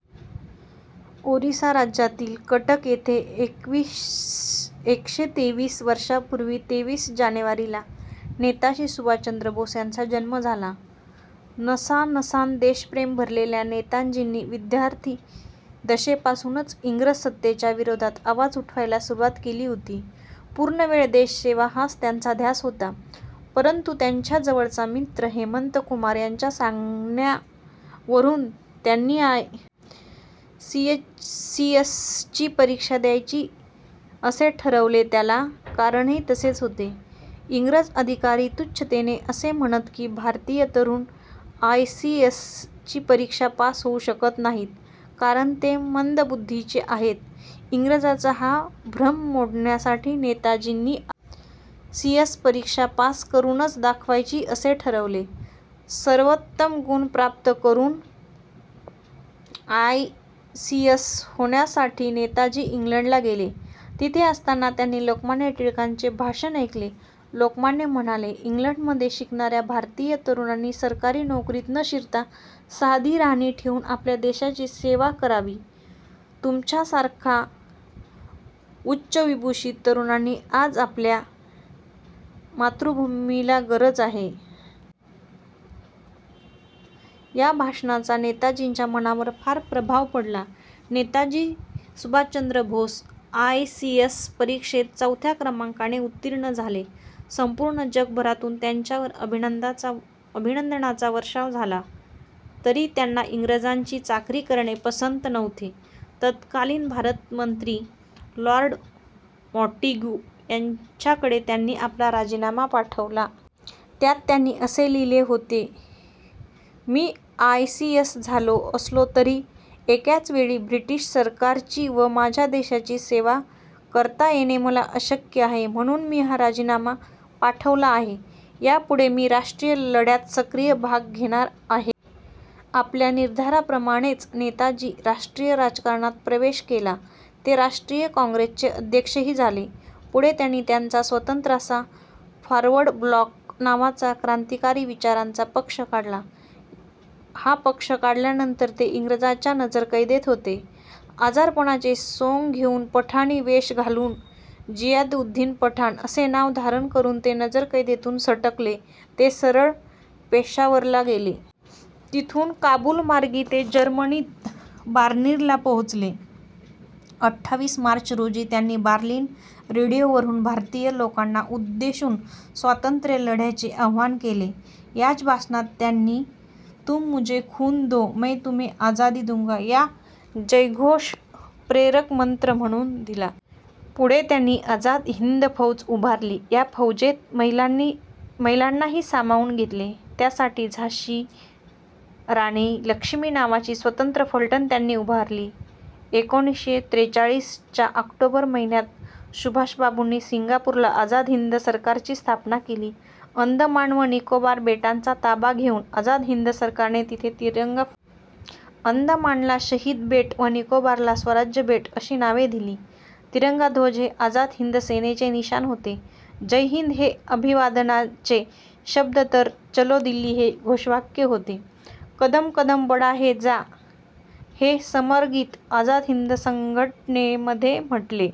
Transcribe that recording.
ओरिसा राज्यातील कटक येथे एकशे तेवीस वर्षांपूर्वी तेवीस जानेवारीला नेताजी सुभाषचंद्र बोस यांचा जन्म झाला. नसानसांत देशप्रेम भरलेल्या नेताजींनी विद्यार्थिदशेपासूनच इंग्रज सत्तेच्या विरोधात आवाज उठवायला सुरुवात केली होती. पूर्णवेळ देशसेवा हाच त्यांचा ध्यास होता, परंतु त्यांचा जवळचा मित्र हेमंतकुमार यांच्या सांगण्यावरून त्यांनी आय. सी. एस. ची परीक्षा द्यायची असे ठरवले. त्याला कारणही तसेच होते. इंग्रज अधिकारी तुच्छतेने असे म्हणत की, भारतीय तरुण आयसीएसची परीक्षा पास होऊ शकत नाहीत, कारण ते मंदबुद्धीचे आहेत. इंग्रजांचा हा भ्रम मोडण्यासाठी नेताजींनी आय. सी. एस. परीक्षा पास करूनच दाखवायची असे ठरवले. सर्वोत्तम गुण प्राप्त करून आयसीएस होण्यासाठी नेताजी इंग्लंडला गेले. तिथे असताना त्यांनी लोकमान्य टिळकांचे भाषण ऐकले. लोकमान्य म्हणाले, इंग्लंडमध्ये शिकणाऱ्या भारतीय तरुणांनी सरकारी नोकरीत न शिरता साधी राहणी ठेवून आपल्या देशाची सेवा करावी तुमच्यासारख्या उच्चविद्याविभूषित तरुणांची आज आपल्या मातृभूमीला गरज आहे. या भाषणाचा नेताजींच्या मनावर फार प्रभाव पडला. Netaji Subhashchandra Bose I. C. S. परीक्षेत चौथ्या क्रमांकाने उत्तीर्ण झाले. संपूर्ण जगभरातून त्यांच्यावर अभिनंदनाचा वर्षाव झाला, तरी त्यांना इंग्रजांची चाकरी करणे पसंत नव्हते. तत्कालीन भारतमंत्री लॉर्ड माँटिग्यू यांच्याकडे त्यांनी आपला राजीनामा पाठवला. त्यात त्यांनी लिहिले होते मी आय. सी. एस. झालो असलो तरी एकाच वेळी ब्रिटिश सरकारची व माझ्या देशाची सेवा करता येणे मला अशक्य आहे, म्हणून मी हा राजीनामा पाठवला आहे. यापुढे मी राष्ट्रीय लढ्यात सक्रिय भाग घेणार आहे. आपल्या निर्धाराप्रमाणेच नेताजींनी राष्ट्रीय राजकारणात प्रवेश केला. ते राष्ट्रीय काँग्रेसचे अध्यक्षही झाले. पुढे त्यांनी त्यांचा स्वतंत्र असा फॉरवर्ड ब्लॉक नावाचा क्रांतिकारी विचारांचा पक्ष काढला. हा पक्ष काढल्यानंतर ते इंग्रजांच्या नजरकैदेत होते. आजारपणाचे सोंग घेऊन पठाणी वेष घालून, जियाउद्दीन पठाण असे नाव धारण करून ते नजरकैदेतून सटकले, ते सरळ पेशावरला गेले. तिथून काबूल मार्गे ते जर्मनीत बर्लिनला पोहोचले. अठ्ठावीस मार्च रोजी त्यांनी बर्लिन रेडिओवरून भारतीय लोकांना उद्देशून स्वातंत्र्यलढ्याचे आव्हान केले. याच भाषणात त्यांनी, तुम मुझे खून दो मैं तुम्हें आजादी दूंगा हा जयघोष प्रेरकमंत्र म्हणून दिला. पुढे त्यांनी आझाद हिंद फौज उभारली. या फौजेत महिलांनाही सामावून घेतले. त्यासाठी झाशी राणी लक्ष्मी नावाची स्वतंत्र फलटण त्यांनी उभारली. एकोणीसशे त्रेचाळीस च्या ऑक्टोबर महिन्यात सुभाषबाबूंनी सिंगापूरला आझाद हिंद सरकारची स्थापना केली. अंदमान व निकोबार बेटांचा ताबा घेऊन आझाद हिंद सरकारने तेथे तिरंगा फडकवला. अंदमानला शहीद बेट व निकोबारला स्वराज्य बेट अशी नावे दिली. तिरंगा ध्वज हे आझाद हिंद सेनेचे निशाण होते. जय हिंद हे अभिवादनाचे शब्द, तर चलो दिल्ली हे घोषवाक्य होते. कदम कदम बढाये जा. हे समरगीत आझाद हिंद संघटनेमध्ये म्हटले